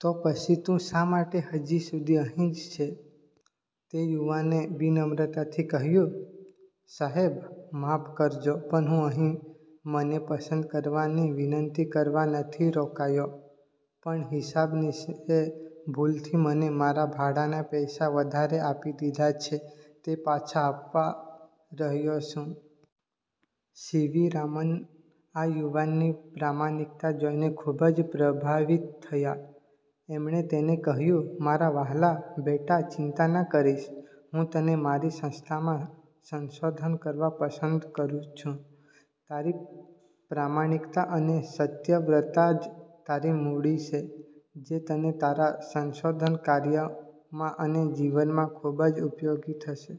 તો પછી તું શા માટે હજી સુધી અહીં જ છે? " તે યુવાને વિનમ્રતાથી કહ્યું, "સાહેબ, માફ કરજો પણ હું અહીં મને પસંદ કરવાની વિનંતી કરવા નથી રોકાયો. પણ હિસાબનીશે ભૂલથી મને મારા ભાડાના પૈસા વધારે આપી દીધા છે તે પાછા આપવા રહ્યો છું. " સી. વી. રામન આ યુવાનની પ્રામાણિકતા જોઈને ખુબ જ પ્રભાવિત થયા. એમણે તેને કહ્યું, "મારા વહાલા બેટા, ચિંતા ન કરીશ. હું તને મારી સંસ્થામાં સંશોધન કરવા પસંદ કરું છું. તારી પ્રામાણિકતા અને સત્યવ્રતા જ તારી મૂડી છે જે તને તારા સંશોધન કાર્યમાં અને જીવનમાં ખુબ જ ઉપયોગી થશે.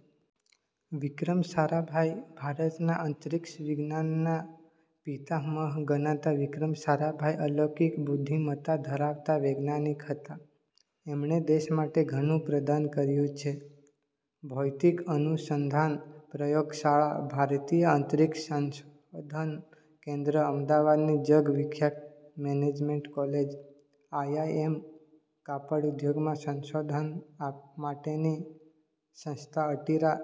" વિક્રમ સારાભાઈ ભારતના અંતરિક્ષ વિજ્ઞાનના પિતામહ ગણાતા વિક્રમ સારાભાઈ અલૌકિક બુદ્ધિમતા ધરાવતા વૈજ્ઞાનિક હતા. એમણે દેશ માટે ઘણું પ્રદાન કર્યું છે – ભૌતિક અનુસંધાન પ્રયોગશાળા, ભારતીય અંતરિક્ષ સંશોધન કેન્દ્ર, અમદાવાદની જગ વિખ્યાત મેનેજમેન્ટ કોલેજ આઈઆઈ એમ, કાપડ ઉદ્યોગમાં સંશોધન માટેની સંસ્થા અટીરા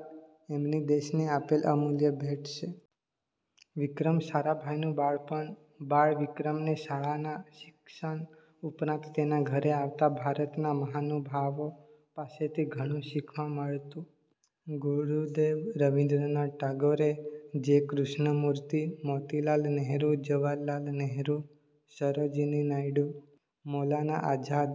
એમની દેશને આપેલ અમૂલ્ય ભેટ છે. વિક્રમ સારાભાઈનું બાળપણ બાળ વિક્રમને શાળાના શિક્ષણ ઉપરાંત તેના ઘરે આવતા ભારતના મહાનુભાવો પાસેથી ઘણું શીખવા મળતું. ગુરુદેવ Rabindranath Tagore, J. Krishnamurti, Motilal Nehru, Jawaharlal Nehru, Sarojini Naidu, Maulana Azad,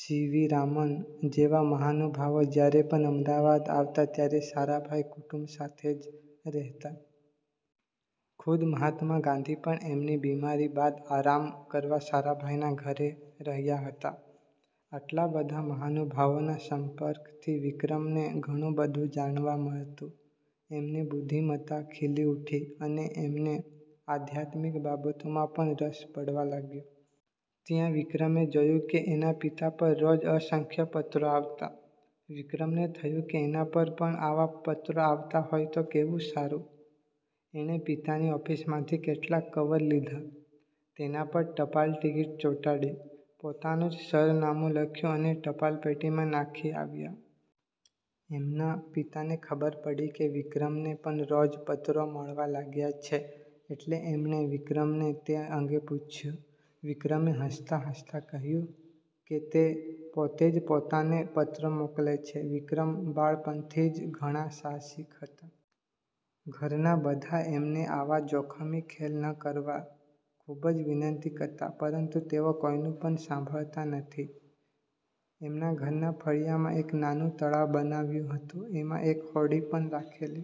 C V Raman જેવા મહાનુભાવો જયારે પણ અમદાવાદ આવતા ત્યારે સારાભાઈ કુટુંબ સાથે જ રહેતા. ખુદ મહાત્મા ગાંધી પણ એમની બીમારી બાદ આરામ કરવા સારાભાઈના ઘરે રહ્યા હતા. આટલા બધા મહાનુભાવોના સંપર્કથી વિક્રમને ઘણું બધું જાણવા મળતું. એમની બુદ્ધિમતા ખીલી ઉઠી અને એમને આધ્યાત્મિક બાબતોમાં પણ રસ પડવા લાગ્યો. ત્યાં વિક્રમે જોયું કે એના પિતા પર રોજ અસંખ્ય પત્રો આવતા. વિક્રમને થયું કે એના પર પણ આવા પત્રો આવતા હોય તો કેવું સારું? એણે પિતાની ઓફિસમાંથી કેટલાક કવર લીધા, તેના પર ટપાલટીકીટ ચોંટાડી, પોતાનું જ સરનામું લખ્યું અને ટપાલપેટીમાં નાંખી આવ્યા. એમના પિતાને ખબર પડી કે વિક્રમને પણ રોજ પત્રો મળવા લાગ્યા છે એટલે એમણે વિક્રમને તે અંગે પૂછ્યું. વિક્રમે હસતાં હસતાં કહ્યું કે તે પોતે જ પોતાને પત્રો મોકલે છે. વિક્રમ બાળપણથી જ ઘણા સાહસિક હતા. ઘરના બધા એમને આવા જોખમી ખેલ ન કરવા ખુબ જ વિનંતી કરતા પરંતુ તેઓ કોઈનું પણ સાંભળતા નહિ. એમના ઘરના ફળિયામાં એક નાનું તળાવ બનાવ્યું હતું. તેમાં એક હોડી પણ રાખેલી.